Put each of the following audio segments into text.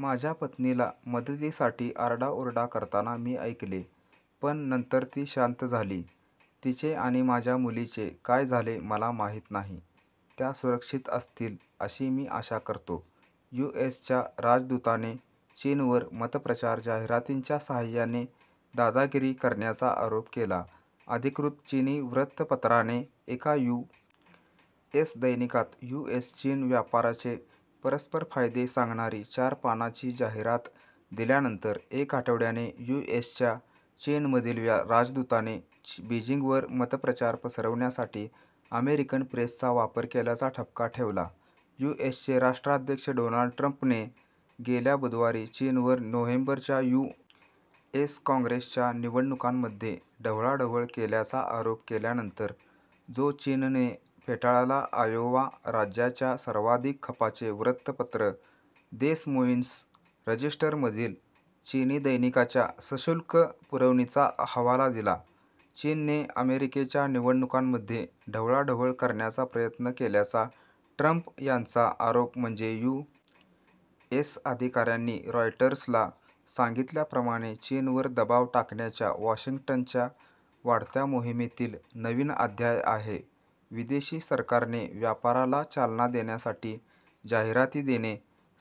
"माझ्या पत्नीला मदतीसाठी आरडाओरडा करताना मी ऐकले, पण नंतर ती शांत झाली. तिचे आणि माझ्या मुलीचे काय झाले मला माहीत नाही. त्या सुरक्षित असतील अशी मी आशा करतो. " यू. एस. च्या राजदूताने चीनवर 'मतप्रचार जाहिरातीं'च्या सहाय्याने 'दादागिरी' करण्याचा आरोप केला अधिकृत चीनी वृत्तपत्राने एका यू. एस. दैनिकात यू. एस. -चीन व्यापाराचे परस्परफायदे सांगणारी चार पानाची जाहिरात दिल्यानंतर एक आठवड्याने यू. एस. च्या चीनमधील राजदूताने बीजिंगवर मतप्रचार पसरवण्यासाठी अमेरिकन प्रेसचा वापर केल्याचा ठपका ठेवला. यु. एस. चे राष्ट्राध्यक्ष डोनाल्ड ट्रंपने गेल्या बुधवारी चीनवर नोव्हेंबरच्या यू. एस. काँग्रेसच्या निवडणुकांमध्ये ढवळाढवळ केल्याचा आरोप केल्यानंतर, जो चीनने फेटाळला आयोवा राज्याच्या सर्वाधिक खपाचे वृत्तपत्र देस मोईन्स रजिस्टरमधील चीनी दैनिकाच्या सशुल्क पुरवणीचा हवाला दिला. चीनने अमेरिकेच्या निवडणुकांमध्ये ढवळाढवळ करण्याचा प्रयत्न केल्याचा ट्रंप यांचा आरोप म्हणजे यू. एस. अधिकाऱ्यांनी रॉयटर्सला सांगितल्याप्रमाणे चीनवर दबाव टाकण्याच्या वॉशिंग्टनच्या वाढत्या मोहिमेतील नवीन अध्याय आहे. विदेशी सरकारने व्यापाराला चालना देण्यासाठी जाहिराती देणे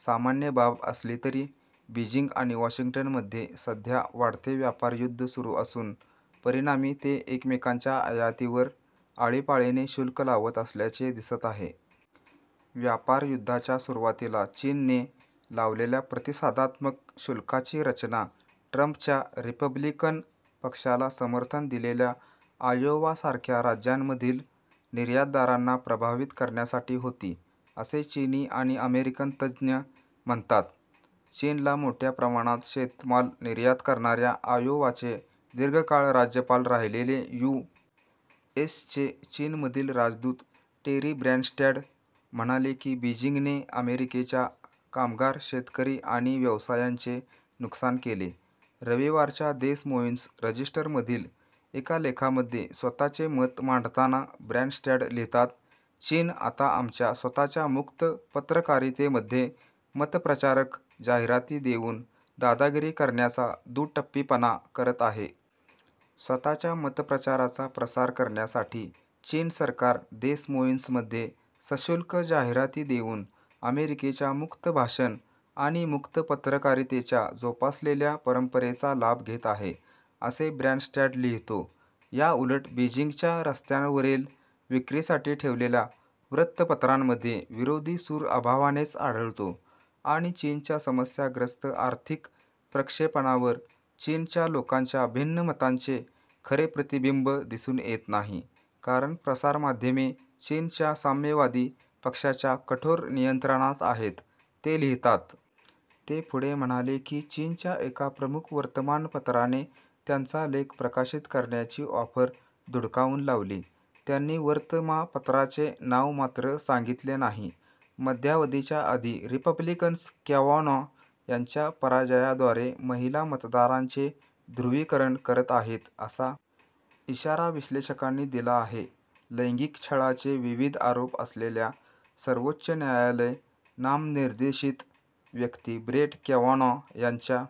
सामान्य बाब असली तरी, बीजिंग आणि वॉशिंग्टनमध्ये सध्या वाढते व्यापार युद्ध सुरु असून परिणामी ते एकमेकांच्या आयातीवर आळीपाळीने शुल्क लावत असल्याचे दिसत आहे. व्यापारयुद्धाच्या सुरुवातीला चीनने लावलेल्या प्रतिसादात्मक शुल्काची रचना ट्रंपच्या रिपब्लिकन पक्षाला समर्थन दिलेल्या आयोवासारख्या राज्यांमधील निर्यातदारांना प्रभावित करण्यासाठी होती असे चीनी आणि अमेरिकन तज्ज्ञ म्हणतात. चीनला मोठ्या प्रमाणात शेतमाल निर्यात करणाऱ्या आयोवाचे दीर्घकाळ राज्यपाल राहिलेले, यू. एस. चे चीनमधील राजदूत टेरी ब्रॅनस्टॅड म्हणाले की बीजिंगने अमेरिकेच्या कामगार, शेतकरी आणि व्यवसायांचे नुकसान केले. रविवारच्या देस मोईन्स रजिस्टरमधील एका लेखामध्ये स्वतःचे मत मांडताना ब्रॅनस्टॅड लिहितात, "चीन आता आमच्या स्वतःच्या मुक्त पत्रकारितेमध्ये मतप्रचारक जाहिराती देऊन दादागिरी करण्याचा दुटप्पीपणा करत आहे. " "स्वतःच्या मतप्रचाराचा प्रसार करण्यासाठी चीन सरकार देस मोईन्समध्ये सशुल्क जाहिराती देऊन अमेरिकेच्या मुक्त भाषण आणि मुक्त पत्रकारितेच्या जोपासलेल्या परंपरेचा लाभ घेत आहे," असे ब्रॅनस्टॅड लिहितो. "या उलट, बीजिंगच्या रस्त्यांवरील विक्रीसाठी ठेवलेल्या वृत्तपत्रांमध्ये विरोधी सूर अभावानेच आढळतो आणि चीनच्या समस्याग्रस्त आर्थिक प्रक्षेपणावर चीनच्या लोकांच्या भिन्न मतांचे खरे प्रतिबिंब दिसून येत नाही, कारण प्रसारमाध्यमे चीनच्या साम्यवादी पक्षाच्या कठोर नियंत्रणात आहेत," ते लिहितात. ते पुढे म्हणाले की "चीनच्या एका प्रमुख वर्तमानपत्राने त्यांचा लेख प्रकाशित करण्याची ऑफर धुडकावून लावली," त्यांनी वर्तमापत्राचे नाव मात्र सांगितले नाही. मध्यावधीच्या आधी रिपब्लिकन्स कॅवानॉ यांच्या पराजयाद्वारे महिला मतदारांचे ध्रुवीकरण करत आहेत असा इशारा विश्लेषकांनी दिला आहे लैंगिक छळाचे विविध आरोप असलेल्या सर्वोच्च न्यायालय नामनिर्देशित व्यक्ती ब्रेट कॅवानॉ यांच्या